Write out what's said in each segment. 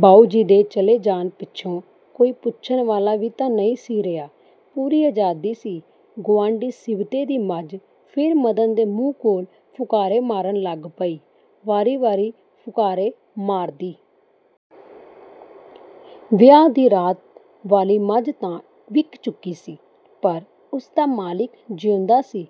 ਬਾਊਜੀ ਦੇ ਚਲੇ ਜਾਣ ਪਿੱਛੋਂ ਕੋਈ ਪੁੱਛਣ ਵਾਲਾ ਵੀ ਤਾਂ ਨਹੀਂ ਸੀ ਰਿਹਾ। ਪੂਰੀ ਆਜ਼ਾਦੀ ਸੀ। ਗੁਆਂਢੀ ਸਿਬਤੇ ਦੀ ਮੱਝ ਫੇਰ ਮਦਨ ਦੇ ਮੂੰਹ ਕੋਲ ਫੁਕਾਰੇ ਮਾਰਨ ਲੱਗ ਪਈ; ਵਾਰੀ ਵਾਰੀ ਫੁਕਾਰੇ ਮਾਰਦੀ। ਵਿਆਹ ਦੀ ਰਾਤ ਵਾਲੀ ਮੱਝ ਤਾਂ ਵਿਕ ਚੁੱਕੀ ਸੀ, ਪਰ ਉਸਦਾ ਮਾਲਿਕ ਜਿਉਂਦਾ ਸੀ।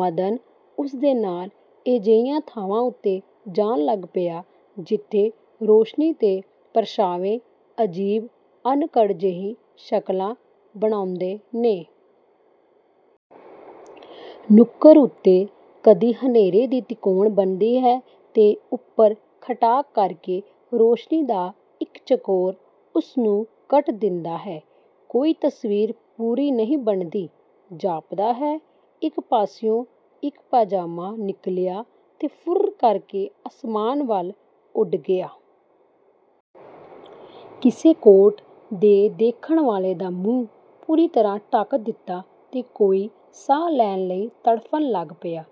ਮਦਨ ਉਸ ਦੇ ਨਾਲ ਅਜਿਹੀਆਂ ਥਾਵਾਂ ਉੱਤੇ ਜਾਣ ਲੱਗ ਪਿਆ, ਜਿੱਥੇ ਰੌਸ਼ਨੀ ਤੇ ਪਰਛਾਵੇਂ ਅਜੀਬ ਅਣਘੜ ਜਿਹੀ ਸ਼ਕਲਾਂ ਬਣਾਉਦੇ ਨੇ। ਨੁੱਕਰ ਉੱਤੇ ਕਦੀ ਹਨੇਰੇ ਦੀ ਤਿਕੋਨ ਬਣਦੀ ਹੈ ਤੇ ਉਪਰ ਖਟਾਕ ਕਰਕੇ ਰੌਸ਼ਨੀ ਦਾ ਇਕ ਚਕੋਰ ਉਸਨੂੰ ਕੱਟ ਦਿੰਦਾ ਹੈ। ਕੋਈ ਤਸਵੀਰ ਪੂਰੀ ਨਹੀਂ ਬਣਦੀ। ਜਾਪਦਾ ਹੈ, ਇਕ ਪਾਸਿਓਂ ਇਕ ਪਾਜਾਮਾ ਨਿਕਲਿਆ ਤੇ ਫੁਰਰ ਕਰਕੇ ਆਸਮਾਨ ਵੱਲ ਉੱਡ ਗਿਆ। ਕਿਸੇ ਕੋਟ ਨੇ ਦੇਖਣ ਵਾਲੇ ਦਾ ਮੂੰਹ ਪੂਰੀ ਤਰ੍ਹਾਂ ਢਕ ਦਿਤਾ ਤੇ ਕੋਈ ਸਾਹ ਲੈਣ ਲਈ ਤੜਫਨ ਲੱਗ ਪਿਆ।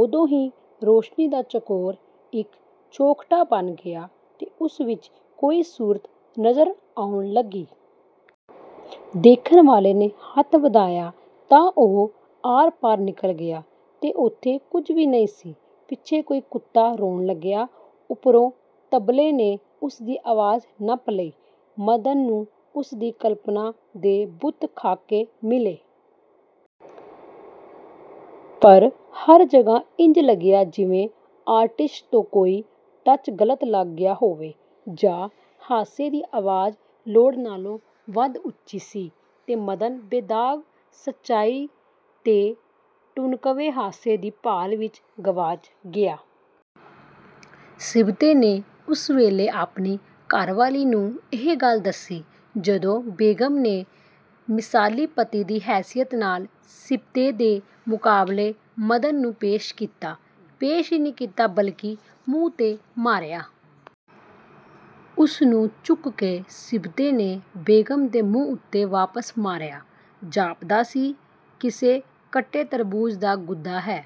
ਉਦੋਂ ਹੀ ਰੌਸ਼ਨੀ ਦਾ ਚਕੋਰ ਇਕ ਚੌਖ਼ਟਾ ਬਣ ਗਿਆ ਤੇ ਉਸ ਵਿਚ ਕੋਈ ਸੂਰਤ ਨਜ਼ਰ ਆਉਣ ਲੱਗੀ। ਦੇਖਣ ਵਾਲੇ ਨੇ ਹੱਥ ਵਧਾਇਆ ਤਾਂ ਉਹ ਆਰਪਾਰ ਨਿਕਲ ਗਿਆ ਤੇ ਉੱਥੇ ਕੁਝ ਵੀ ਨਹੀਂ ਸੀ। ਪਿੱਛੇ ਕੋਈ ਕੁੱਤਾ ਰੋਣ ਲੱਗਿਆ, ਉਪਰੋਂ ਤਬਲੇ ਨੇ ਉਸਦੀ ਆਵਾਜ਼ ਨੱਪ ਲਈ। ਮਦਨ ਨੂੰ ਉਸਦੀ ਕਲਪਣਾ ਦੇ ਬੁੱਤ–ਖ਼ਾਕੇ ਮਿਲੇ। ਪਰ ਹਰ ਜਗ੍ਹਾ ਇੰਜ ਲੱਗਿਆ ਜਿਵੇਂ ਆਰਟਿਸਟ ਤੋਂ ਕੋਈ ਟੱਚ ਗਲਤ ਲੱਗ ਗਿਆ ਹੋਵੇ। ਜਾਂ ਹਾਸੇ ਦੀ ਆਵਾਜ਼ ਲੋੜ ਨਾਲੋਂ ਵੱਧ ਉੱਚੀ ਸੀ ਤੇ ਮਦਨ ਬੇਦਾਗ ਸੱਚਾਈ ਤੇ ਟੁਣਕਵੇਂ ਹਾਸੇ ਦੀ ਭਾਲ ਵਿਚ ਗਵਾਚ ਗਿਆ। ਸਿਬਤੇ ਨੇ ਉਸ ਵੇਲੇ ਆਪਣੀ ਘਰਵਾਲੀ ਨੂੰ ਇਹ ਗੱਲ ਦੱਸੀ, ਜਦੋਂ ਬੇਗ਼ਮ ਨੇ ਮਿਸਾਲੀ ਪਤੀ ਦੀ ਹੈਸੀਅਤ ਨਾਲ ਸਿਬਤੇ ਦੇ ਮੁਕਾਬਲੇ ਮਦਨ ਨੂੰ ਪੇਸ਼ ਕੀਤਾ; ਪੇਸ਼ ਹੀ ਨਹੀਂ ਕੀਤਾ ਬਲਿਕੇ ਮੂੰਹ 'ਤੇ ਮਾਰਿਆ। ਉਸਨੂੰ ਚੁੱਕ ਕੇ ਸਿਬਤੇ ਨੇ ਬੇਗ਼ਮ ਦੇ ਮੂੰਹ ਉੱਤੇ ਵਾਪਸ ਮਾਰਿਆ। ਜਾਪਦਾ ਸੀ ਕਿਸੇ ਕੱਟੇ ਤਰਬੂਜ਼ ਦਾ ਗੁਦਾ ਹੈ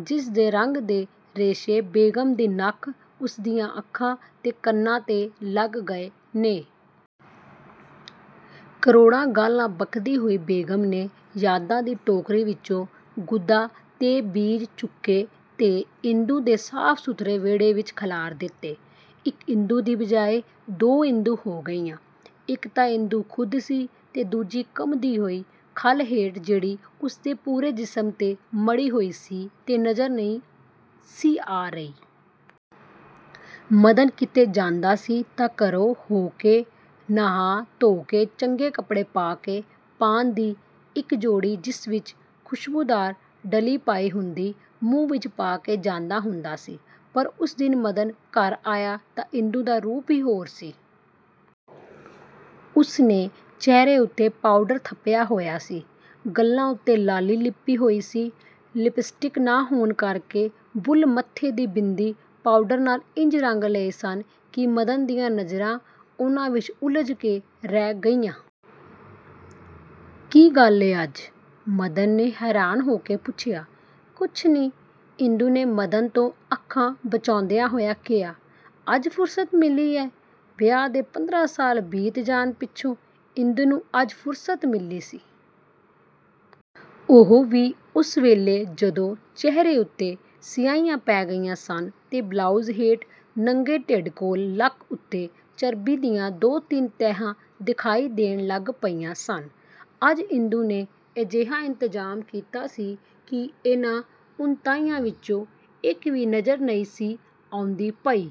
ਜਿਸਦੇ ਰੰਗ ਤੇ ਰੇਸ਼ੇ ਬੇਗ਼ਮ ਦੀ ਨੱਕ, ਉਸਦੀਆਂ ਅੱਖਾਂ ਤੇ ਕੰਨਾਂ 'ਤੇ ਲੱਗ ਗਏ ਨੇ। ਕਰੋੜਾਂ ਗਾਲ੍ਹਾਂ ਬਕਦੀ ਹੋਈ ਬੇਗ਼ਮ ਨੇ ਯਾਦਾਂ ਦੀ ਟੋਕਰੀ ਵਿਚੋਂ ਗੁੱਦਾ ਤੇ ਬੀਜ ਚੁੱਕੇ ਤੇ ਇੰਦੂ ਦੇ ਸਾਫ–ਸੁਥਰੇ ਵਿਹੜੇ ਵਿਚ ਖਿਲਾਰ ਦਿਤੇ। ਇਕ ਇੰਦੂ ਦੀ ਬਜਾਏ ਦੋ ਇੰਦੂ ਹੋ ਗਈਆਂ, ਇਕ ਤਾਂ ਇੰਦੂ ਖ਼ੁਦ ਸੀ ਤੇ ਦੂਜੀ ਕੰਬਦੀ ਹੋਈ ਖੱਲ ਹੇਠ ਜਿਹੜੀ ਉਸਦੇ ਪੂਰੇ ਜਿਸਮ 'ਤੇ ਮੜ੍ਹੀ ਹੋਈ ਸੀ ਤੇ ਨਜ਼ਰ ਨਹੀਂ ਸੀ ਆ ਰਹੀ। ਮਦਨ ਕਿਤੇ ਜਾਂਦਾ ਸੀ ਤਾਂ ਘਰੇ ਹੋ–ਕੇ, ਨਹਾ ਧੋ–ਕੇ, ਚੰਗੇ ਕਪੜੇ ਪਾ–ਕੇ, ਪਾਨ ਦੀ ਇਕ ਜੋੜੀ ਜਿਸ ਵਿਚ ਖੁਸ਼ਬੂਦਾਰ ਡਲੀ ਪਾਈ ਹੁੰਦੀ, ਮੂੰਹ ਵਿਚ ਪਾ–ਕੇ ਜਾਂਦਾ ਹੁੰਦਾ ਸੀ। ਪਰ ਉਸ ਦਿਨ ਮਦਨ ਘਰ ਆਇਆ ਤਾਂ ਇੰਦੂ ਦਾ ਰੂਪ ਹੀ ਹੋਰ ਸੀ। ਉਸਨੇ ਚਿਹਰੇ ਉੱਤੇ ਪਾਊਡਰ ਥੱਪਿਆ ਹੋਇਆ ਸੀ। ਗੱਲ੍ਹਾਂ ਉੱਤੇ ਲਾਲੀ ਲਿੱਪੀ ਹੋਈ ਸੀ। ਲਿਪਸਟਿਕ ਨਾ ਹੋਣ ਕਰਕੇ ਬੁੱਲ੍ਹ ਮੱਥੇ ਦੀ ਬਿੰਦੀ–ਪਾਊਡਰ ਨਾਲ ਇੰਜ ਰੰਗ ਲਏ ਸਨ ਕਿ ਮਦਨ ਦੀਆਂ ਨਜ਼ਰਾਂ ਉਹਨਾਂ ਵਿਚ ਉਲਝ ਕੇ ਰਹਿ ਗਈਆਂ। "ਕੀ ਗੱਲ ਏ ਅੱਜ? " ਮਦਨ ਨੇ ਹੈਰਾਨ ਹੋ ਕੇ ਪੁੱਛਿਆ। "ਕੁਛ ਨੀਂ," ਇੰਦੂ ਨੇ ਮਦਨ ਤੋਂ ਅੱਖਾਂ ਬਚਾਉਂਦਿਆਂ ਹੋਇਆਂ ਕਿਹਾ-"ਅੱਜ ਫ਼ੁਰਸਤ ਮਿਲੀ ਐ" ਵਿਆਹ ਦੇ ਪੰਦਰਾਂ ਸਾਲ ਬੀਤ ਜਾਣ ਪਿੱਛੋਂ ਇੰਦੂ ਨੂੰ ਅੱਜ ਫ਼ੁਰਸਤ ਮਿਲੀ ਸੀ। ਉਹ ਵੀ ਉਸ ਵੇਲੇ ਜਦੋਂ ਚਿਹਰੇ ਉੱਤੇ ਸਿਆਹੀਆਂ ਪੈ ਗਈਆਂ ਸਨ ਤੇ ਬਲਾਊਜ਼ ਹੇਠ ਨੰਗੇ ਢਿੱਡ ਕੋਲ ਲੱਕ ਉੱਤੇ ਚਰਬੀ ਦੀਆਂ ਦੋ ਤਿੰਨ ਤੈਹਾਂ ਦਿਖਾਈ ਦੇਣ ਲੱਗ ਪਈਆਂ ਸਨ। ਅੱਜ ਇੰਦੂ ਨੇ ਅਜਿਹਾ ਇੰਤਜ਼ਾਮ ਕੀਤਾ ਸੀ ਕਿ ਇਹਨਾਂ ਉਣਤਾਈਆਂ ਵਿਚੋਂ ਇਕ ਵੀ ਨਜ਼ਰ ਨਹੀਂ ਸੀ ਆਉਂਦੀ ਪਈ।